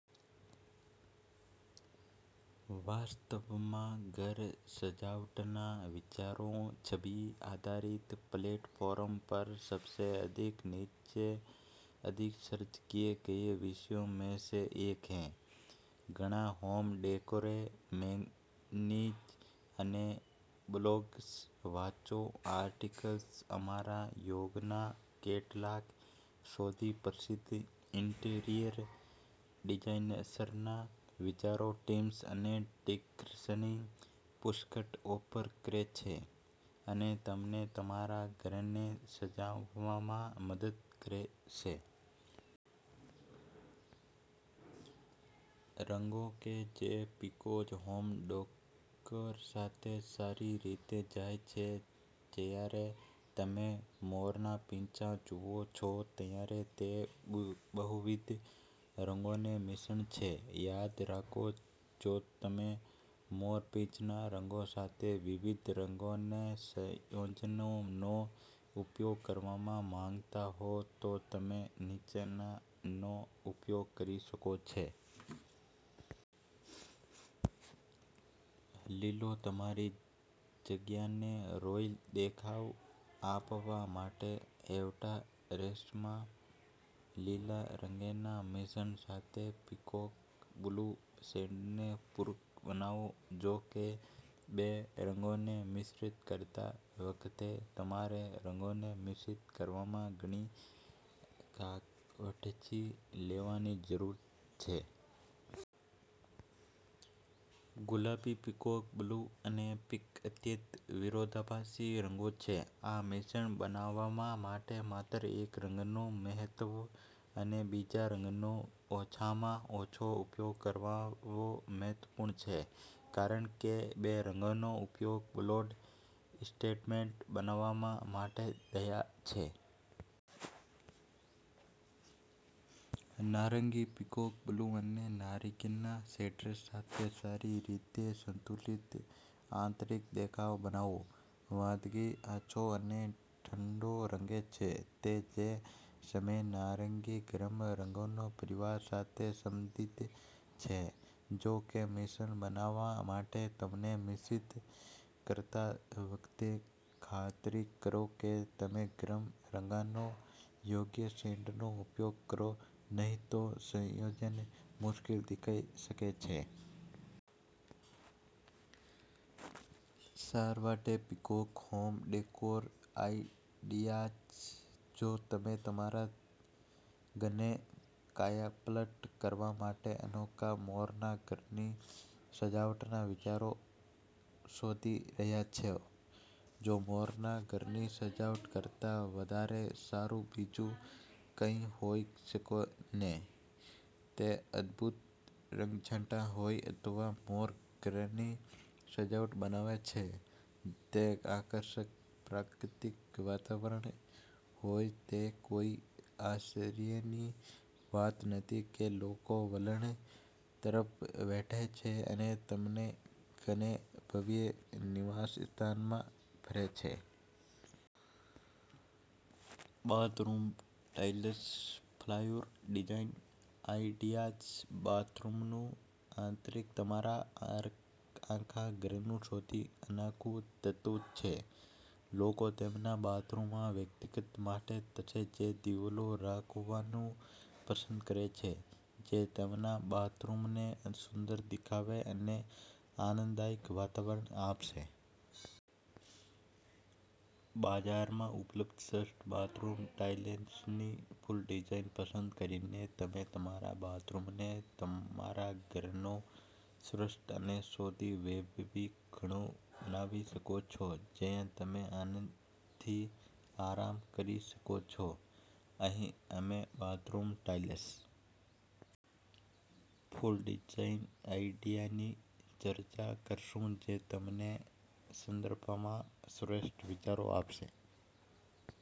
વાસ્તવમાં, ઘર સજાવટના વિચારો છબી-આધારિત પ્લેટફોર્મ પર સૌથી વધુ સર્ચ કરાયેલા વિષયો પૈકી એક છે. ઘણાં હોમ ડેકોર મેગેઝિન અને બ્લોગ્સ વાંચો. લેખો અમારા યુગના કેટલાક સૌથી પ્રખ્યાત ઇન્ટિરિયર ડિઝાઇનર્સના વિચારો, ટિપ્સ અને યુક્તિઓની પુષ્કળ તક આપે છે અને તમને તમારા ઘરને સુશોભિત કરવામાં મદદ કરશે. રંગો કે જે પીકોક હોમ ડેકોર સાથે સારી રીતે જાય છે જ્યારે તમે મોરના પીંછા જુઓ છો, ત્યારે તે બહુવિધ રંગોનું મિશ્રણ છે. યાદ રાખો, જો તમે મોરપીંછના રંગો સાથે વિવિધ રંગોના સંયોજનોનો ઉપયોગ કરવા માંગતા હો, તો તમે નીચેનાનો ઉપયોગ કરી શકો છો. લીલો તમારી જગ્યાને રોયલ દેખાવ આપવા માટે હળવા શેડમાં લીલા રંગોના મિશ્રણ સાથે પીકોક બ્લુ શેડને પૂરક બનાવો. જો કે, બે રંગોને મિશ્રિત કરતી વખતે, તમારે રંગોને મિશ્રિત કરવામાં ખૂબ કાળજી લેવાની જરૂર છે. ગુલાબી પીકોક બ્લુ અને પિંક અત્યંત વિરોધાભાસી રંગો છે. આ મિશ્રણ બનાવવા માટે માત્ર એક રંગનો મહત્તમ અને બીજા રંગનો ઓછામાં ઓછો ઉપયોગ કરવો મહત્વપૂર્ણ છે. કારણ કે બંને રંગોનો ઉપયોગ બોલ્ડ સ્ટેટમેન્ટ બનાવવા માટે થાય છે. નારંગી પીકોક બ્લુ અને નારંગીના શેડ્સ સાથે સારી રીતે સંતુલિત આંતરિક દેખાવ બનાવો. વાદળી આછો અને ઠંડો રંગ છે. તે જ સમયે, નારંગી ગરમ રંગોના પરિવાર સાથે સંબંધિત છે. જો કે, મિશ્રણ બનાવવા માટે તેમને મિશ્રિત કરતી વખતે, ખાતરી કરો કે તમે ગરમ રંગોના યોગ્ય શેડનો ઉપયોગ કરો નહીં તો, સંયોજન મુશ્કેલ દેખાઈ શકે છે. સરવાળે પીકોક હોમ ડેકોર આઈડિયાઝ જો તમે તમારા ઘરને કાયાપલટ કરવા માટે અનોખા મોરનાં ઘરની સજાવટનાં વિચારો શોધી રહ્યાં છો, તો મોરનાં ઘરની સજાવટ કરતાં વધુ સારું બીજું કંઈ હોઈ શકે નહીં. તે અદભૂત રંગછટા હોય અથવા મોર ઘરની સજાવટ બનાવે છે તે આકર્ષક કુદરતી વાતાવરણ હોય, તે કોઈ આશ્ચર્યની વાત નથી કે લોકો વલણ તરફ વળે છે અને તેમના ઘરને ભવ્ય નિવાસસ્થાનમાં ફેરવે છે. Bathroom tiles flower design ideas બાથરૂમનું આંતરિક તમારા આખા ઘરનું સૌથી અનોખું તત્વ છે. લોકો તેમના બાથરૂમમાં વ્યક્તિગત માળ તેમજ દિવાલો રાખવાનું પસંદ કરે છે જે તેમના બાથરૂમને સુંદર દેખાવ અને આનંદદાયક વાતાવરણ આપશે. બજારમાં ઉપલબ્ધ શ્રેષ્ઠ બાથરૂમ ટાઇલ્સની ફૂલ ડિઝાઇન પસંદ કરીને, તમે તમારા બાથરૂમને તમારા ઘરનો શ્રેષ્ઠ અને સૌથી વૈભવી ખૂણો બનાવી શકો છો જ્યાં તમે આનંદથી આરામ કરી શકો છો. અહીં અમે બાથરૂમ ટાઇલ્સ ફૂલ ડિઝાઇન આઇડિયાની ચર્ચા કરીશું જે તમને સંદર્ભમાં શ્રેષ્ઠ વિચારો